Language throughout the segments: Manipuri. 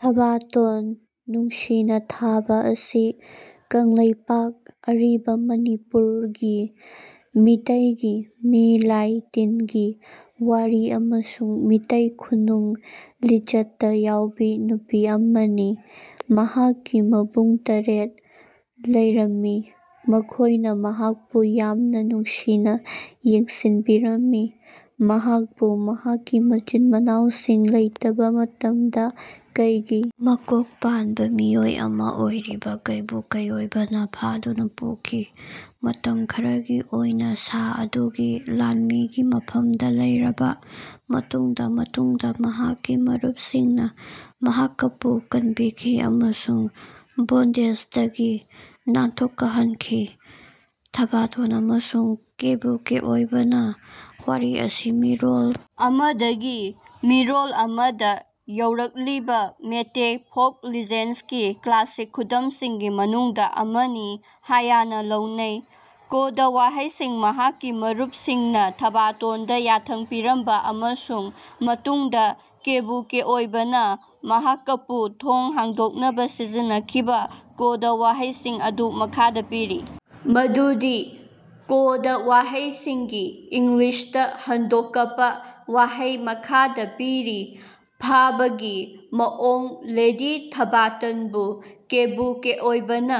ꯊꯕꯥꯇꯣꯟ, ꯅꯨꯡꯁꯤꯅꯥ ꯊꯕꯥ, ꯑꯁꯤ ꯀꯪꯂꯩꯄꯥꯛ (ꯑꯔꯤꯕ ꯃꯅꯤꯄꯨꯔ)ꯒꯤ ꯃꯤꯇꯩꯒꯤ ꯃꯤ ꯂꯥꯢ ꯇꯤꯟꯒꯤ ꯋꯥꯔꯤ ꯑꯃꯁꯨꯡ ꯃꯤꯇꯩ ꯈꯨꯟꯅꯨꯡ ꯂꯤꯆꯠꯇ ꯌꯥꯎꯕꯤ ꯅꯨꯄꯤ ꯑꯃꯅꯤ꯫ ꯃꯍꯥꯛꯀꯤ ꯃꯕꯨꯡ ꯇꯔꯦꯠ꫰ꯂꯩꯔꯝꯃꯤ꯫ ꯃꯈꯣꯏꯅ ꯃꯍꯥꯛꯄꯨ ꯌꯥꯝꯅ ꯅꯨꯡꯁꯤꯅ ꯌꯦꯡꯁꯤꯟꯕꯤꯔꯝꯃꯤ꯫ ꯃꯍꯥꯛꯄꯨ ꯃꯍꯥꯛꯀꯤ ꯃꯆꯤꯟ-ꯃꯅꯥꯎꯁꯤꯡ ꯂꯩꯇꯕ ꯃꯇꯝꯗ ꯀꯩꯒꯤ ꯃꯀꯣꯛ ꯄꯥꯟꯕ ꯃꯤꯑꯣꯏ ꯑꯃ ꯑꯣꯏꯔꯤꯕ ꯀꯩꯕꯨ ꯀꯩꯑꯣꯢꯕꯅ ꯐꯥꯗꯨꯅ ꯄꯨꯈꯤ꯫ ꯃꯇꯝ ꯈꯔꯒꯤ ꯑꯣꯏꯅꯥ ꯁꯥ ꯑꯗꯨꯒꯤ ꯂꯥꯟꯃꯤꯒꯤ ꯃꯐꯝꯗꯥ ꯂꯩꯔꯕꯥ ꯃꯇꯨꯡꯗꯥ ꯃꯇꯨꯡꯗꯥ ꯃꯍꯥꯛꯀꯤ ꯃꯔꯨꯄꯁꯤꯡꯅꯥ ꯃꯍꯥꯀꯄꯨ ꯀꯟꯕꯤꯈꯤ ꯑꯃꯁꯨꯡ ꯕꯣꯟꯗꯦꯖꯗꯒꯤ ꯅꯥꯟꯊꯣꯀꯍꯟꯈꯤ꯫ ꯊꯥꯕꯇꯣꯟ ꯑꯃꯁꯨꯡ ꯀꯦꯏꯕꯨ ꯀꯦꯏꯑꯣꯏꯕꯥꯒꯤ ꯋꯥꯔꯤ ꯑꯁꯤ ꯃꯤꯔꯣꯜ ꯑꯃꯗꯒꯤ ꯃꯤꯔꯣꯜ ꯑꯃꯗꯥ ꯌꯧꯔꯛꯂꯤꯕꯥ ꯃꯦꯏꯇꯦꯏ ꯐꯣꯛ ꯂꯤꯖꯦꯟꯁꯀꯤ ꯀ꯭ꯂꯥꯁꯤꯛ ꯈꯨꯗꯝꯁꯤꯡꯒꯤ ꯃꯅꯨꯡꯗꯥ ꯑꯃꯅꯤ ꯍꯥꯌꯅꯥ ꯂꯧꯅꯩ꯫ ꯀꯣꯗ ꯋꯥꯍꯩꯁꯤꯡ ꯃꯍꯥꯛꯀꯤ ꯃꯔꯨꯄꯁꯤꯡꯅꯥ ꯊꯥꯕꯇꯣꯟꯗꯥ ꯌꯥꯊꯪ ꯄꯤꯔꯝꯕꯥ ꯑꯃꯁꯨꯡ ꯃꯇꯨꯡꯗꯥ ꯀꯦꯏꯕꯨ ꯀꯦꯏꯑꯣꯏꯕꯥꯅ ꯃꯍꯥꯀꯄꯨ ꯊꯣꯡ ꯍꯥꯡꯗꯣꯛꯅꯕꯥ ꯁꯤꯖꯤꯟꯅꯈꯤꯕꯥ ꯀꯣꯗ ꯋꯥꯍꯩꯁꯤꯡ ꯑꯗꯨ ꯃꯈꯥꯗꯥ ꯄꯤꯔꯤ ꯃꯗꯨꯗꯤ ꯀꯣꯗ ꯋꯥꯍꯩꯁꯤꯡꯒꯤ ꯏꯪꯂꯤꯁꯇꯥ ꯍꯟꯗꯣꯀꯄꯥ ꯑꯁꯤ ꯃꯈꯥꯗꯥ ꯄꯤꯔꯤ ꯐꯥꯕꯒꯤ ꯃꯑꯣꯡ ꯂꯦꯗꯤ ꯊꯥꯕꯇꯟꯕꯨ ꯀꯦꯏꯕꯨ ꯀꯦꯏꯑꯣꯏꯕꯥꯅꯥ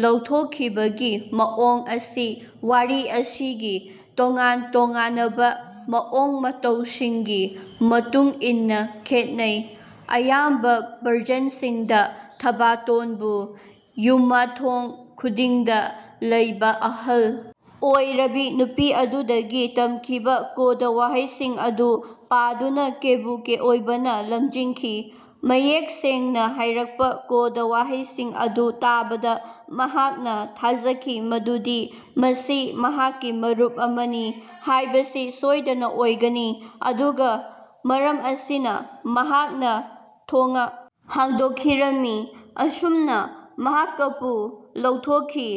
ꯂꯧꯊꯣꯛꯈꯤꯕꯒꯤ ꯃꯑꯣꯡ ꯑꯁꯤ ꯋꯥꯔꯤ ꯑꯁꯤꯒꯤ ꯇꯣꯉꯥꯟ ꯇꯣꯉꯥꯅꯕꯥ ꯃꯑꯣꯡ ꯃꯇꯧꯁꯤꯡꯒꯤ ꯃꯇꯨꯡ ꯏꯟꯅꯥ ꯈꯦꯠꯅꯩ꯫ ꯑꯌꯥꯝꯕꯥ ꯚꯔꯖꯟꯁꯤꯡꯗꯥ ꯊꯥꯕꯇꯣꯟꯕꯨ ꯌꯨꯃꯊꯣꯡ ꯈꯨꯗꯤꯡꯗꯥ ꯂꯩꯕꯥ ꯑꯍꯜ ꯑꯣꯏꯔꯕꯤ ꯅꯨꯄꯤ ꯑꯗꯨꯗꯒꯤ ꯇꯝꯈꯤꯕꯥ ꯀꯣꯗ ꯋꯥꯍꯩꯁꯤꯡ ꯑꯗꯨ ꯄꯥꯗꯨꯅꯥ ꯀꯦꯏꯕꯨ ꯀꯦꯏꯑꯣꯏꯕꯥꯅꯥ ꯂꯝꯖꯤꯡꯈꯤ꯫ ꯃꯌꯦꯛ ꯁꯦꯡꯅꯥ ꯍꯥꯏꯔꯛꯄꯥ ꯀꯣꯗ ꯋꯥꯍꯩꯁꯤꯡ ꯑꯗꯨ ꯇꯥꯕꯗꯥ ꯃꯍꯥꯛꯅꯥ ꯊꯥꯖꯈꯤ ꯃꯗꯨꯗꯤ ꯃꯁꯤ ꯃꯍꯥꯛꯀꯤ ꯃꯔꯨꯞ ꯑꯃꯅꯤ ꯍꯥꯏꯕꯁꯤ ꯁꯣꯏꯗꯅꯥ ꯑꯣꯏꯒꯅꯤ꯫ ꯑꯗꯨꯒ ꯃꯔꯝ ꯑꯁꯤꯅꯥ, ꯃꯍꯥꯛꯅ ꯊꯣꯉ ꯍꯥꯡꯗꯣꯛꯈꯤꯔꯝꯃꯤ꯫ ꯑꯁꯨꯝꯅꯥ ꯃꯍꯥꯀꯄꯨ ꯂꯧꯊꯣꯛꯈꯤ꯫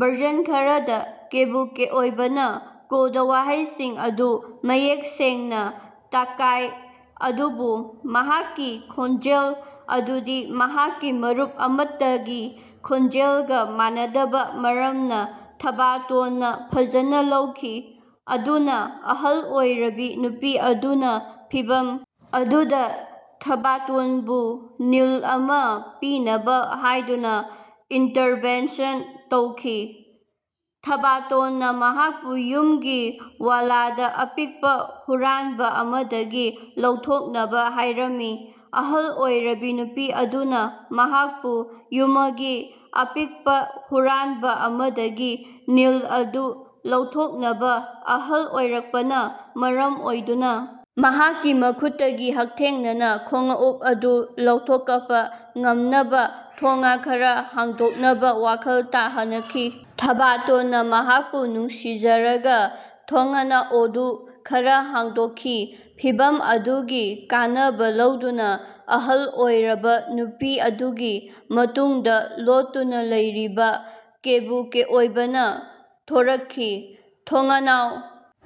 ꯚꯔꯖꯟ ꯈꯔꯗꯥ ꯀꯦꯏꯕꯨ ꯀꯦꯏꯑꯣꯏꯕꯥꯅ ꯀꯣꯗ ꯋꯥꯍꯩꯁꯤꯡ ꯑꯗꯨ ꯃꯌꯦꯛ ꯁꯦꯡꯅꯥ ꯇꯥꯀꯏ ꯑꯗꯨꯕꯨ ꯃꯍꯥꯛꯀꯤ ꯈꯣꯟꯖꯦꯜ ꯑꯗꯨꯗꯤ ꯃꯍꯥꯛꯀꯤ ꯃꯔꯨꯞ ꯑꯃꯠꯇꯒꯤ ꯈꯣꯟꯖꯦꯜꯒꯥ ꯃꯥꯟꯅꯗꯕ ꯃꯔꯝꯅꯥ ꯊꯥꯕꯇꯣꯟꯅꯥ ꯐꯖꯅ ꯂꯧꯈꯤ꯫ ꯑꯗꯨꯅꯥ, ꯑꯍꯜ ꯑꯣꯏꯔꯕꯤ ꯅꯨꯄꯤ ꯑꯗꯨꯅꯥ ꯐꯤꯚꯝ ꯑꯗꯨꯗꯥ ꯊꯕꯇꯣꯟꯕꯨ ꯅꯤꯜ ꯑꯃꯥ ꯄꯤꯅꯕꯥ ꯍꯥꯏꯗꯨꯅꯥ ꯏꯟꯇꯔꯚꯦꯟꯁꯟ ꯇꯧꯈꯤ꯫ ꯊꯥꯕꯇꯣꯟꯅꯥ ꯃꯍꯥꯛꯄꯨ ꯌꯨꯝꯒꯤ ꯋꯥꯂꯗꯥ ꯑꯄꯤꯛꯄꯥ ꯍꯨꯔꯥꯟꯕ ꯑꯃꯗꯒꯤ ꯂꯧꯊꯣꯛꯅꯕꯥ ꯍꯥꯏꯔꯝꯃꯤ꯫ ꯑꯍꯜ ꯑꯣꯏꯔꯕꯤ ꯅꯨꯄꯤ ꯑꯗꯨꯅꯥ ꯃꯍꯥꯛꯄꯨ ꯌꯨꯃꯒꯤ ꯑꯄꯤꯛꯄꯥ ꯍꯨꯔꯥꯟꯕꯥ ꯑꯃꯗꯒꯤ ꯅꯤꯜ ꯑꯗꯨ ꯂꯧꯊꯣꯛꯅꯕꯥ ꯑꯍꯜ ꯑꯣꯏꯔꯛꯄꯅꯥ ꯃꯔꯝ ꯑꯣꯏꯗꯨꯅꯥ ꯃꯍꯥꯛꯀꯤ ꯃꯈꯨꯠꯇꯒꯤ ꯍꯛꯊꯦꯡꯅꯅꯥ ꯈꯣꯉꯎꯞ ꯑꯗꯨ ꯂꯧꯊꯣꯀꯄꯥ ꯉꯝꯅꯕꯥ ꯊꯣꯉ ꯈꯔꯥ ꯍꯥꯡꯗꯣꯛꯅꯕꯥ ꯋꯥꯈꯜ ꯇꯥꯍꯅꯈꯤ꯫ ꯊꯥꯕꯇꯣꯟꯅꯥ ꯃꯍꯥꯛꯄꯨ ꯅꯨꯡꯁꯤꯖꯔꯒꯥ ꯊꯣꯉꯅꯥꯑꯣꯗꯨ ꯈꯔꯥ ꯍꯥꯡꯗꯣꯛꯈꯤ꯫ ꯐꯤꯚꯝ ꯑꯗꯨꯒꯤ ꯀꯥꯟꯅꯕꯥ ꯂꯧꯗꯨꯅꯥ ꯑꯍꯜ ꯑꯣꯏꯔꯕꯥ ꯅꯨꯄꯤ ꯑꯗꯨꯒꯤ ꯃꯇꯨꯡꯗꯥ ꯂꯣꯠꯇꯨꯅꯥ ꯂꯩꯔꯤꯕꯥ ꯀꯦꯏꯕꯨ ꯀꯦꯏꯑꯣꯏꯕꯥꯅ ꯊꯣꯔꯛꯈꯤ, ꯊꯣꯉꯅꯥꯎ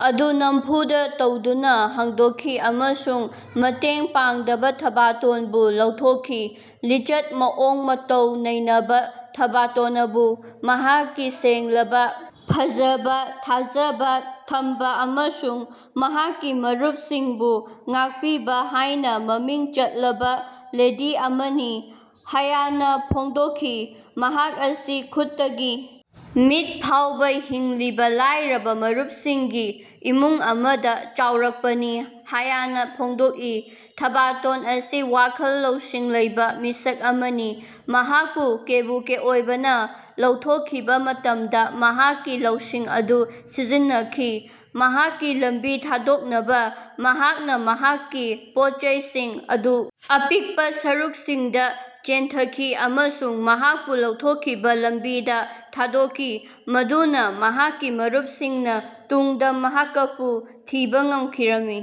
ꯑꯗꯨ ꯅꯥꯝꯐꯨꯗ ꯇꯧꯗꯨꯅꯥ ꯍꯥꯡꯗꯣꯛꯈꯤ ꯑꯃꯁꯨꯡ ꯃꯇꯦꯡ ꯄꯥꯡꯗꯕ ꯊꯥꯕꯇꯣꯟꯕꯨ ꯂꯧꯊꯣꯛꯈꯤ꯫ ꯂꯤꯆꯠ ꯃꯑꯣꯡ ꯃꯇꯧ ꯅꯩꯅꯕ ꯊꯥꯕꯇꯣꯅꯕꯨ ꯃꯍꯥꯛꯀꯤ ꯁꯦꯡꯂꯕꯥ, ꯐꯖꯕꯥ, ꯊꯥꯖꯕꯥ ꯊꯝꯕꯥ ꯑꯃꯁꯨꯡ ꯃꯍꯥꯛꯀꯤ ꯃꯔꯨꯄꯁꯤꯡꯕꯨ ꯉꯥꯛꯄꯤꯕꯥ ꯍꯥꯏꯅꯥ ꯃꯃꯤꯡ ꯆꯠꯂꯕꯥ ꯂꯦꯗꯤ ꯑꯃꯅꯤ ꯍꯥꯌꯅꯥ ꯐꯣꯡꯗꯣꯛꯈꯤ꯫ ꯃꯍꯥꯛ ꯑꯁꯤ ꯈꯨꯠꯇꯒꯤ ꯃꯤꯠ ꯐꯥꯎꯕꯥ ꯍꯤꯡꯂꯤꯕ ꯂꯥꯏꯔꯕ ꯃꯔꯨꯞꯁꯤꯡꯒꯤ ꯏꯃꯨꯡ ꯑꯃꯗ ꯆꯥꯎꯔꯛꯄꯅꯤ ꯍꯥꯌꯅꯥ ꯐꯣꯡꯗꯣꯛꯏ꯫ ꯊꯥꯕꯇꯣꯟ ꯑꯁꯤ ꯋꯥꯈꯜ ꯂꯧꯁꯤꯡ ꯂꯩꯕꯥ ꯃꯤꯁꯛ ꯑꯃꯅꯤ꯫ ꯃꯍꯥꯛꯄꯨ ꯀꯦꯏꯕꯨ ꯀꯦꯏꯑꯣꯏꯕꯥꯅ ꯂꯧꯊꯣꯛꯈꯤꯕ ꯃꯇꯝꯗꯥ ꯃꯍꯥꯛꯀꯤ ꯂꯧꯁꯤꯡ ꯑꯗꯨ ꯁꯤꯖꯤꯟꯅꯈꯤ꯫ ꯃꯍꯥꯛꯀꯤ ꯂꯝꯕꯤ ꯊꯥꯗꯣꯛꯅꯕꯥ ꯃꯍꯥꯛꯅꯥ ꯃꯍꯥꯛꯀꯤ ꯄꯣꯠꯆꯩꯁꯤꯡ ꯑꯗꯨ ꯑꯄꯤꯛꯄꯥ ꯁꯔꯨꯛꯁꯤꯡꯗꯥ ꯆꯦꯟꯊꯈꯤ ꯑꯃꯁꯨꯡ ꯃꯍꯥꯛꯄꯨ ꯂꯧꯊꯣꯛꯈꯤꯕ ꯂꯝꯕꯤꯗ ꯊꯥꯗꯣꯛꯈꯤ ꯃꯗꯨꯅ ꯃꯍꯥꯛꯀꯤ ꯃꯔꯨꯄꯁꯤꯡꯅ ꯇꯨꯡꯗ ꯃꯍꯥꯀꯄꯨ ꯊꯤꯕꯥ ꯉꯝꯈꯤꯔꯝꯃꯤ꯫